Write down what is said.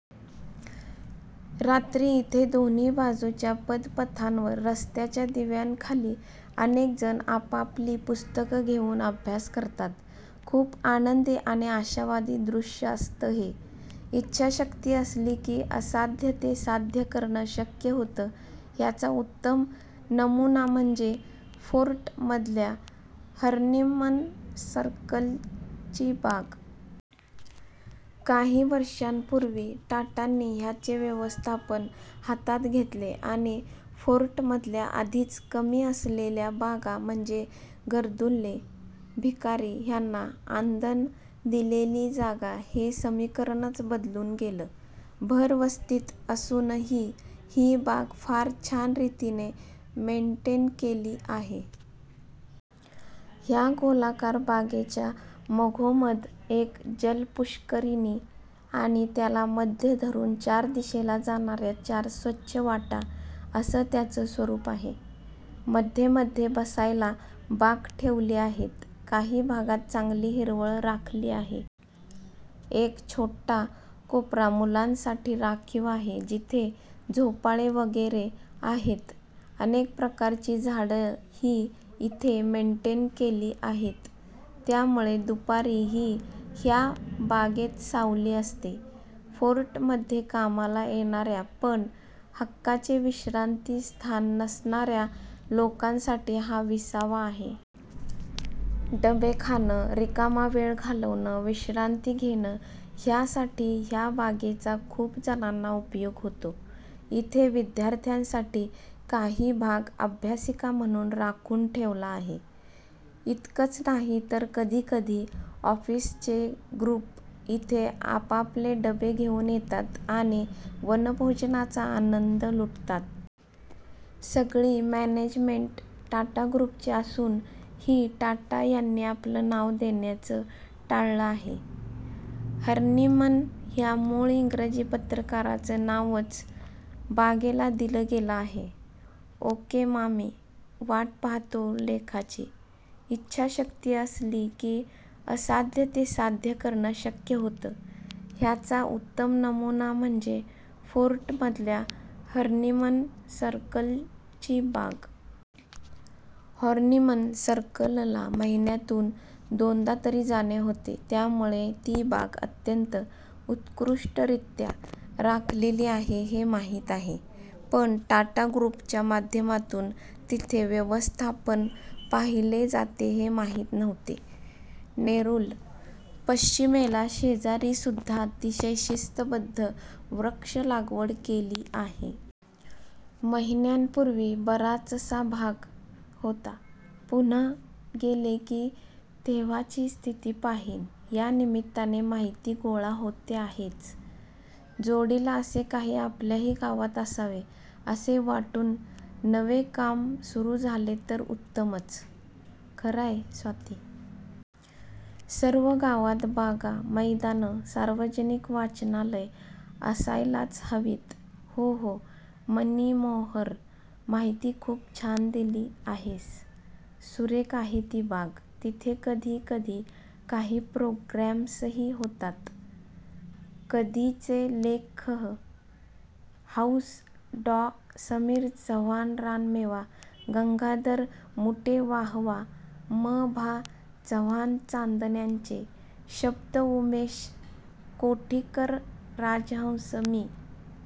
रात्री इथे दोन्ही बाजूच्या पदपथांवर रस्त्याच्या दिव्यांखाली अनेक जण आपापली पुस्तकं घेऊन अभ्यास करतात. खूप आनंदी आणि आशावादी दृश्य असतं हे. इच्छा शक्ती असली की असाध्य ते साध्य करणं शक्य होतं ह्याचा उत्तम नमुना म्हणजे फोर्ट मधल्या हर्निमन सर्कल ची बाग. काही वर्षांपूर्वी टाटांनी ह्याचे व्यवस्थापन हातात घेतले आणि फोर्ट मधल्या आधीच कमी असलेल्या बागा म्हणजे गर्दुल्ले, भिकारी ह्यांना आंदण दिलेली जागा हे समीकरणच बदलून गेलं. भर वस्तीत असून ही ही बाग फार छान रीतीने मेंटेन केली आहे. ह्या गोलाकार बागेच्या मघोमध एक जल पुष्करीणी, आणि त्याला मध्य धरून चार दिशेला जाणाऱ्या चार स्वच्छ वाटा अस त्याच स्वरूप आहे. मध्ये मध्ये बसायला बाक ठेवली आहेत. काही भागात चांगली हिरवळ राखली आहे. एक छोटा कोपरा मुलांसाठी राखीव आहे जिथे झोपाळे वैगेरे आहेत. अनेक प्रकारची झाड ही इथे मेंटेन केली आहेत त्यामुळे दुपारी ही ह्या बागेत सावली असते. फोर्ट मध्ये कामाला येणाऱ्या पण हक्काचे विश्रांती स्थान नसणाऱ्या लोकांसाठी हा विसावा आहे. डबे खाणं, रिकामा वेळ घालवणं, विश्रांती घेणं ह्या साठी ह्या बागेचा खूप जणांना उपयोग होतो. इथे विद्यार्थ्यांसाठी काही भाग अभ्यासिका म्हणून राखुन ठेवला आहे. इतकच नाही तर कधी कधी ऑफिसचे गृप इथे आपापले डबे घेऊन येतात आणि वनभोजनाचा आनन्द लुटतात. सगळी मॅनेजमेंट टाटा गृप ची असून ही टाटा यांनी आपलं नाव देण्याचं टाळलं आहे. हर्निमन ह्या मूळ इंग्रजी पत्रकारचं नाव च बागेला दिलं गेलं आहे. ओके मामी. वाट पाहतो लेखाची. इच्छा शक्ती असली की असाध्य ते साध्य करणं शक्य होतं ह्याचा उत्तम नमुना म्हणजे फोर्ट मधल्या हर्निमन सर्कल ची बाग. हॉर्निमन सर्कलला महिन्यातून दोनदा तरी जाणे होते. त्यामुळे ती बाग अतंत्य उत्कृष्टरीत्या राखलेली आहे हे माहित आहे. पण टाटा ग्रुपच्या माध्यमातून तिथे व्यवस्थापन पाहिले जाते हे माहित नव्हते. नेरूल. पश्चिमेला शेजारी सुद्धा अतिशय शिस्तबद्ध वृक्ष लागवड केली आहे. महिन्यांपूर्वी बराचसा भाग. होता. पुनः गेले की तेव्हाची स्थिती पाहिन. या निमित्ताने माहिती गोळा होते आहेच. जोडीला असे काही आपल्याही गावात असावे असे वाटून नवे काम सुरु झाले तर उत्तमच! >> खरंय स्वाती. सर्व गावात बागा, मैदानं, सार्वजनिक वाचनालयं असायलाच हवीत. हो हो मनीमोहर. माहिती खूप छान दिली आहेस. सुरेख आहे ती बाग. तिथे कधी कधी काही प्रोग्रॅम्सही होतात. आधीचे लेखःहौस डॉ. समीर चव्हाणरानमेवा गंगाधर मुटेवाहवा म भा चव्हाणचांदण्यांचे शब्द उमेश कोठीकरराजहंस मी